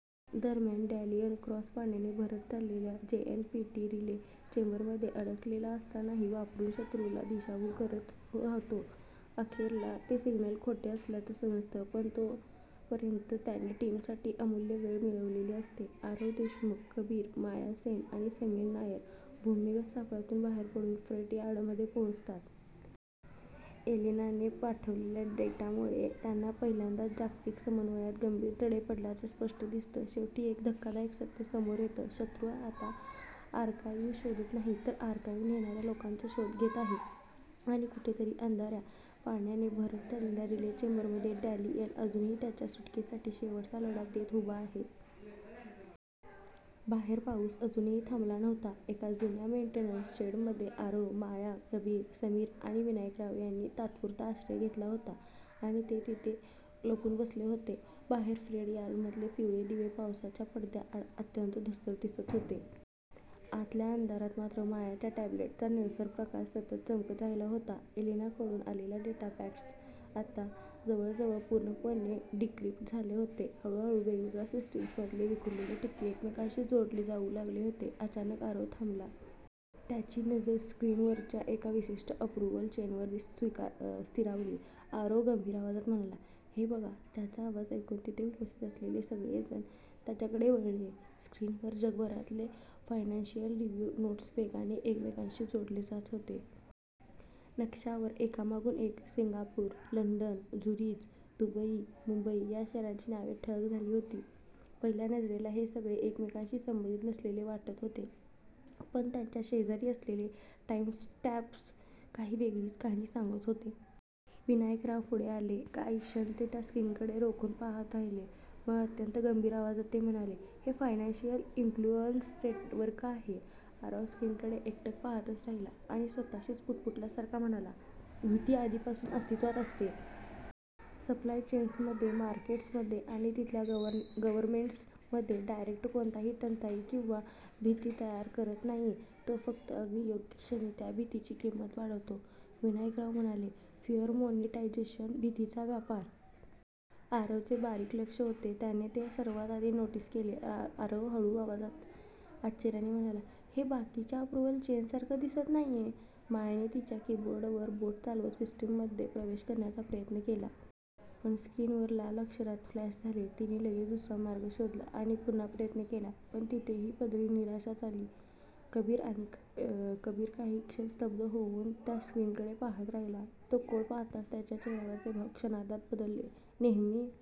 दरम्यान Daniel Cross पाण्याने भरत चाललेल्या जेएनपीटी रिले चेंबरमध्ये अडकलेला असतानाही वापरून शत्रूला दिशाभूल करत राहतो. अखेरला ते सिग्नल खोटे असल्याचं समजतं, पण तोपर्यंत त्याने टीमसाठी अमूल्य वेळ मिळवलेली असते. आरव देशमुख, कबीर, माया सेन आणि समीर नायर भूमिगत सापळ्यातून बाहेर पडून फ्रेट यार्डमध्ये पोहोचतात. एलेनाने पाठवलेल्या डेटामुळे त्यांना पहिल्यांदाच जागतिक समन्वयात गंभीर तडे पडल्याचं स्पष्ट दिसतं. शेवटी एक धक्कादायक सत्य समोर येतं. शत्रू आता आर्काइव्ह शोधत नाही, तर आर्काइव्ह नेणाऱ्या लोकांचा शोध घेत आहे आणि कुठेतरी अंधाऱ्या, पाण्याने भरत चाललेल्या रिले चेंबरमध्ये डॅनियल अजूनही त्यांच्या सुटकेसाठी शेवटचा लढा देत उभा आहे. बाहेर पाऊस अजूनही थांबला नव्हता. एका जुन्या मेंटेनन्स शेडमध्ये आरव, माया, कबीर, समीर आणि विनायकराव यांनी तात्पुरता आश्रय घेतला होता आणि ते तिथे लपून बसले होते. बाहेर फ्रेट यार्डमधले पिवळे दिवे पावसाच्या पडद्याआड अत्यंत धूसर दिसत होते. आतल्या अंधारात मात्र मायाच्या टॅब्लेटचा निळसर प्रकाश सतत चमकत राहिला होता. एलेनाकडून आलेले डेटा पॅकेट्स आता जवळजवळ पूर्णपणे डिक्रिप्ट झाले होते. हळूहळू वेगवेगळ्या सिस्टीम्समधले विखुरलेले ठिपके एकमेकांशी जोडले जाऊ लागले होते. अचानक आरव थांबला. त्याची नजर स्क्रीनवरच्या एका विशिष्ट अप्रूव्हल चेनवर स्थिरावली. आरव गंभीर आवाजात म्हणाला, "हे बघा. " त्याचा आवाज ऐकून तिथे उपस्थित असलेले सगळे जण त्याच्याकडे वळले. स्क्रीनवर जगभरातले फायनान्शियल रिव्ह्यू नोड्स वेगाने एकमेकांशी जोडले जात होते. नकाशावर एकामागून एक Singapore, London, Zurich, Dubai, Mumbai या शहरांची नावे ठळक झाली होती. पहिल्या नजरेला हे सगळे एकमेकांशी संबंधित नसलेले वाटत होते, पण त्यांच्या शेजारी असलेले टाईमस्टॅम्प्स काही वेगळीच कहाणी सांगत होते. विनायकराव पुढे आले. काही क्षण ते त्या स्क्रीनकडे रोखून पाहत राहिले. मग अत्यंत गंभीर आवाजात ते म्हणाले, "हे फायनान्शियल इन्फ्लुएन्स नेटवर्क आहे. " आरव स्क्रीनकडे एकटक पाहतच राहिला आणि स्वतःशीच पुटपुटल्यासारखा म्हणाला, "भीती आधीपासूनच अस्तित्वात असते. सप्लाय चेन्स मध्ये, मार्केट्स मध्ये आणि तिथल्या गव्हर्नमेंट्स मध्ये. " "डायरेक्टर कोणतीही टंचाई किंवा भीती तयार करत नाहीये. तो फक्त अगदी योग्य क्षणी, त्या भीतीची किंमत वाढवतो. " विनायकराव म्हणाले, "फिअर मॉनिटायझेशन भीतीचा व्यापार! " आरवचे बारीक लक्ष होते, त्याने ते सर्वात आधी नोटीस केले. आरव हळू आवाजात, आश्चर्याने म्हणाला, "हे बाकीच्या अप्रूव्हल चेन्स सारखं दिसत नाहीये. " मायाने तिच्या कीबोर्डवर बोटे चालवत सिस्टीममध्ये प्रवेश करण्याचा प्रयत्न केला. पण स्क्रीनवर लाल अक्षरात फ्लॅश झाले. तीने लगेच दुसरा मार्ग शोधला आणि पुन्हा प्रयत्न केला, पण तिथेही पदरी निराशाच आली. कबीर काही क्षण स्तब्ध होऊन त्या स्क्रीनकडे पाहत राहिला. तो कोड पाहताच त्याच्या चेहऱ्यावरचे भाव क्षणार्धात बदलले. नेहमी